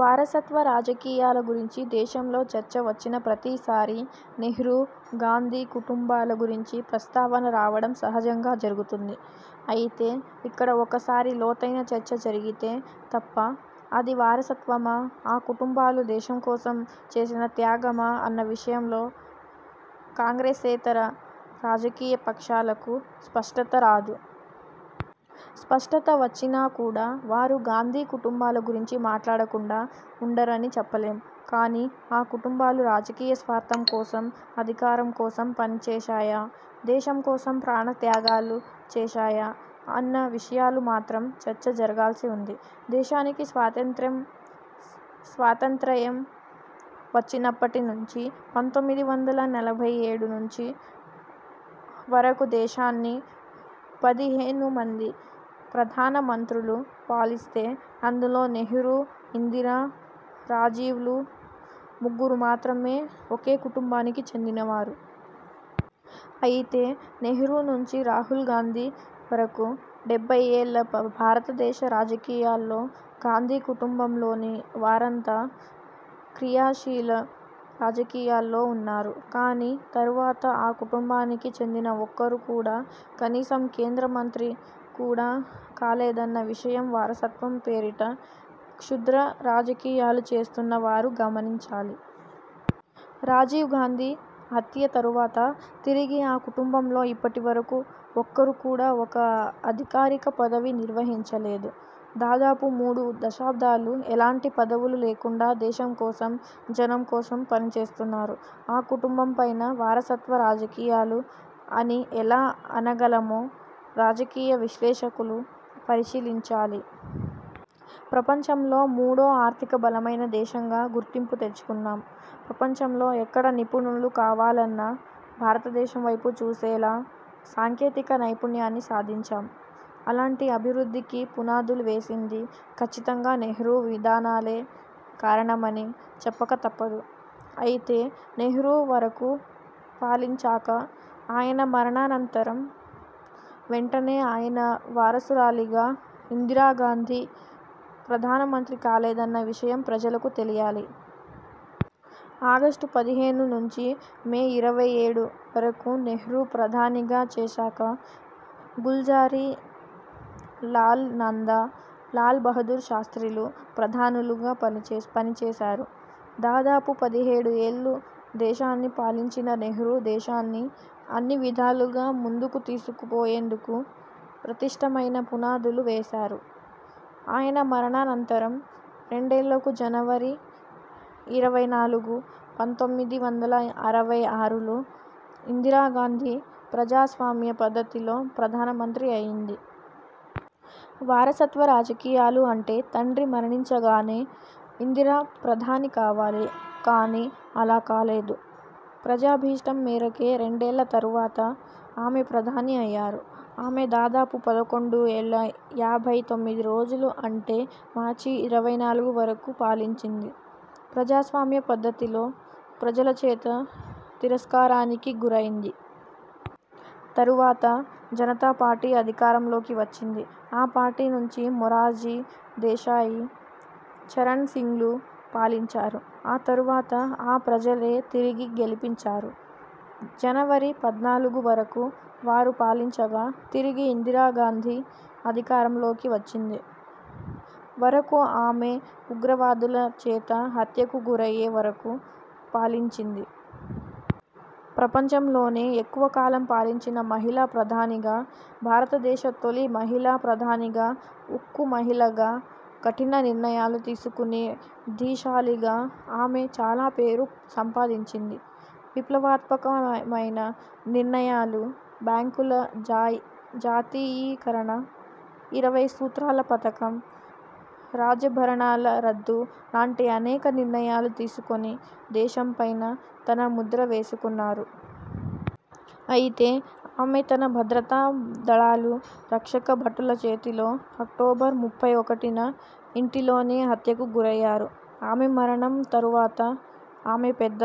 వారసత్వ రాజకీయాల గురించి దేశంలో చర్చ వచ్చిన ప్రతిసారీ నెహ్రూ, గాంధీ కుటుంబాల గురించి ప్రస్తావన రావడం సహజంగా జరుగుతుంది. అయితే ఇక్కడ ఒకసారి లోతైన చర్చ జరిగితే తప్ప అది వారసత్వమా, ఆ కుటుంబాలు దేశం కోసం చేసిన త్యాగమా అన్న విషయంలో కాంగ్రెసేతర రాజకీయ పక్షాలకు స్పష్టత రాదు. స్పష్టత వచ్చినా కూడా వారు గాంధీ కుటుంబాల గురించి మాట్లాడకుండా ఉండరని చెప్పలేం. కానీ, ఆ కుటుంబాలు రాజకీయ స్వార్థం కోసం, అధికారం కోసం పనిచేశాయా, దేశం కోసం ప్రాణ త్యాగాలు చేశాయా అన్న విషయాలు మాత్రం చర్చ జరగాల్సి ఉంది. దేశానికి స్వాతంత్రం స్వాతంత్రయం వచ్చినప్పటి నుంచి పంతొమ్మిది వందల నలభై ఏడు నుంచి వరకు దేశాన్ని పది హేను మంది ప్రధాన మంత్రులు పాలిస్తే అందులో నెహ్రూ, ఇందిరా, రాజీవ్లు ముగ్గురు మాత్రమే ఒకే కుటుంబానికి చెందిన వారు. అయితే నెహ్రూ నుంచి రాహుల్ గాంధీ వరకు డెబ్బై ఏళ్ళ భారతదేశ రాజకీయాల్లో గాంధీ కుటుంబంలోని వారంతా క్రియాశీల రాజకీయాల్లో ఉన్నారు. కానీ తరువాత ఆ కుటుంబానికి చెందిన ఒక్కరు కూడా కనీసం కేంద్ర మంత్రి కూడా కాలేదన్న విషయం వారసత్వం పేరిట క్షుద్ర రాజకీయాలు చేస్తున్న వారు గమనించాలి. రాజీవ్ గాంధీ హత్య తరువాత తిరిగి ఆ కుటుంబంలో ఇప్పటి వరకు ఒక్కరు కూడా ఒక్క అధికారిక పదవి నిర్వహించలేదు. దాదాపు మూడు దశాబ్దాలు ఎలాంటి పదవులు లేకుండా దేశం కోసం, జనం కోసం పనిచేస్తున్నారు. ఆ కుటుంబం పైన వారసత్వ రాజకీయాలు అని ఎలా అనగలమో రాజకీయ విశ్లేషకులు పరిశీలించాలి. ప్రపంచంలో మూడో ఆర్థిక బలమైన దేశంగా గుర్తింపు తెచ్చుకున్నాం. ప్రపంచంలో ఎక్కడ నిపుణులు కావాలన్నా భారతదేశం వైపు చూసేలా సాంకేతిక నైపుణ్యాన్ని సాధించాం. అలాంటి అభివృద్ధికి పునాదులు వేసింది, ఖచ్చితంగా నెహ్రూ విధానాలే కారణమని చెప్పక తప్పదు. అయితే నెహ్రూ వరకు పాలించాక ఆయన మరణాంతరం వెంటనే ఆయన వారసురాలిగా ఇందిరాగాంధీ ప్రధానమంత్రి కాలేదన్న విషయం ప్రజలకు తెలియాలి. ఆగస్టు పదిహేను, నుంచి మే ఇరవై ఏడు, వరకు నెహ్రూ ప్రధానిగా చేశాక, గుల్జారీ లాల్ నందా, లాల్ బహుదూర్ శాస్ర్తిలు ప్రధానులుగా పనిచేశారు. దాదాపు పదిహేడుఏళ్ళు దేశాన్ని పాలించిన నెహ్రూ దేశాన్ని అన్నివిధాలుగా ముందుకు తీసుకు పోయేందుకు పటిష్ఠమైన పునాదులు వేశారు. ఆయన మరణాంతరం, రెండేళ్ళకు జనవరి ఇరవై నాలుగు, పంతొమ్మిది వందల అరవై ఆరులో ఇందిరా గాంధీ ప్రజాస్వామ్య పద్ధతిలో ప్రధాన మంత్రి అయ్యింది. వారసత్వ రాజకీయాలు అంటే తండ్రి మరణించగానే ఇందిర ప్రధాని కావాలి, కానీ అలా కాలేదు. ప్రజాభీష్టం మేరకే రెండేళ్ళ తరువాత ఆమె ప్రధాని అయ్యారు. ఆమె దాదాపు పదకొండు ఏళ్ళ యాభై తొమ్మిది రోజులు అంటే మార్చి ఇరవై నాలుగు వరకు పాలించింది. ప్రజాస్వామ్య పద్ధతిలో ప్రజల చేత తిరస్కారానికి గురయింది. తరువాత జనతా పార్టీ అధికారం లోకి వచ్చింది. ఆ పార్టీ నుంచి మొరార్జీ దేశాయి, చరణ్ సింగ్లు పాలించారు. ఆ తరువాత ఆ ప్రజలే తిరిగి గెలిపించారు. జనవరి పద్నాలుగు వరకు వారు పాలించగా, తిరిగి ఇందిరా గాంధీ అధికారంలోకి వచ్చింది. వరకు ఆమె ఉగ్రవాదుల చేత హత్యకు గురయ్యే వరకు పాలించింది. ప్రపంచంలోనే ఎక్కువ కాలం పాలించిన మహిళా ప్రధానిగా, భారత దేశ తొలి మహిళా ప్రధానిగా, ఉక్కు మహిళగా, కఠిన నిర్ణయాలు తీసుకునే ధీశాలిగా ఆమె చాలా పేరు సంపాదించింది. విప్లవాత్మకమైన నిర్ణయాలు బ్యాంకుల జై జాతీయీకరణ, ఇరవై సూత్రాల పథకం, రాజ భరణాల రద్దు లాంటి అనేక నిర్ణయాలు తీసుకొని దేశంపైన తన ముద్ర వేసుకున్నారు. అయితే ఆమె తన భద్రతా దళాలు, రక్షక భటుల చేతిలో అక్టోబర్ ముప్పై ఒకటిన ఇంటి లోనే హత్యకు గురయ్యారు. ఆమె మరణం తరు వాత ఆమె పెద్ద